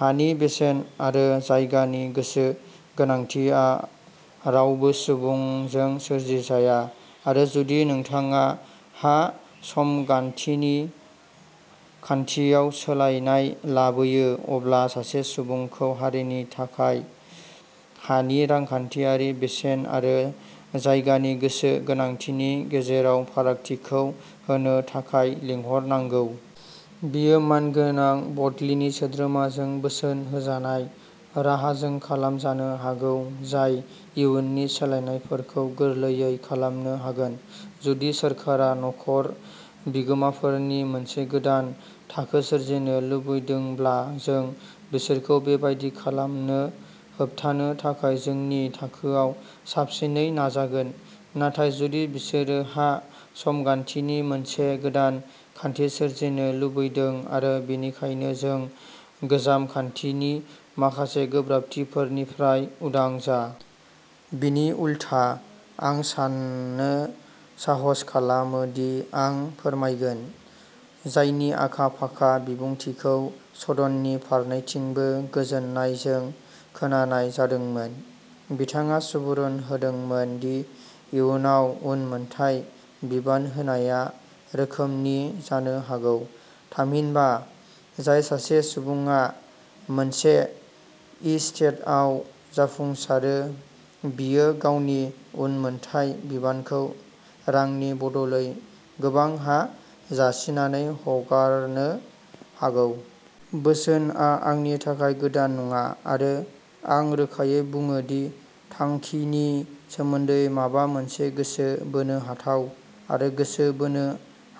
हानि बेसेन आरो जायगानि गोसो गोनांथिया रावबो सुबुंजों सोरजिजाया, आरो जुदि नोंथाङा हा-समगान्थिनि खान्थियाव सोलायनाय लाबोयो, अब्ला सासे सुबुंखौ हारिनि थाखाय हानि रांखान्थियारि बेसेन आरो जायगानि गोसो गोनांथिनि गेजेराव फारागथिखौ होनो थाखाय लिंहरनांगौ। बेयो मानगोनां बर्डस्लिनि सोद्रोमाजों बोसोन होजानाय राहाजों खालामजानो हागौ जाय इयुननि सोलायनायफोरखौ गोरलैयै खालामनो हागोन। जुदि सोरखारा न'खर बिगोमाफोरनि मोनसे गोदान थाखो सोरजिनो लुबैदोंब्ला जों बिसोरखौ बेबादि खालामनो होबथानो थाखाय जोंनि थाखोआव साबसिनै नाजागोन; नाथाय जुदि बिसोरो हा-समगान्थिनि मोनसे गोदान खान्थि सोरजिनो लुबैदों आरो बेनिखायनो जों गोजाम खान्थिनि माखासे गोब्राबथिफोरनिफ्राय उदां जा। बिनि उलथा, आं साननो साहस खालामो दि आं फोरमायगोन। जायनि आखा-फाखा बिबुंथिखौ सदननि फारनैथिंबो गोजोननायजों खोनानाय जादोंमोन, बिथाङा सुबुरुन होदोंमोन दि इयुनाव उनमोनथाय बिबान होनाया रोखोमनि जानो हागौ; थामहिनबा, जाय सासे सुबुङा मोनसे एस्टेटआव जाफुंसारो, बियो गावनि उनमोनथाय बिबानखौ रांनि बदलै गोबां हा जासिनानै हगारनो हागौ। बोसोनआ आंनि थाखाय गोदान नङा, आरो आं रोखायै बुङो दि थांखिनि सोमोन्दै माबा मोनसे गोसो बोनो हाथाव, आरो गोसो बोनो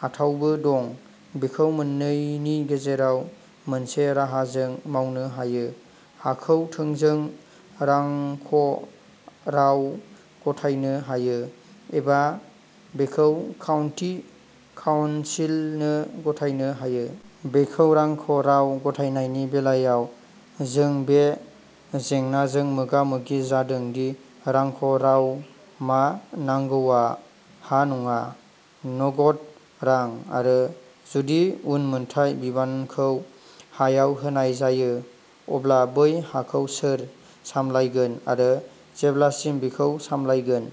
हाथावबो दं। बेखौ मोननैनि गेजेराव मोनसे राहाजों मावनो हायो। हाखौ थोंजों रांख'राव गथायनो हायो, एबा बेखौ काउन्टि काउन्सिलनो गथायनो हायो। बेखौ रांख'राव गथायनायनि बेलायाव, जों बे जेंनाजों मोगा-मोगि जादों दि रांख'राव मा नांगौआ हा नङा, नगद रां, आरो जुदि उनमोनथाय बिबानखौ हायाव होनाय जायो, अब्ला बै हाखौ सोर सामलायगोन आरो जेब्लासिम बेखौ सामलायगोन।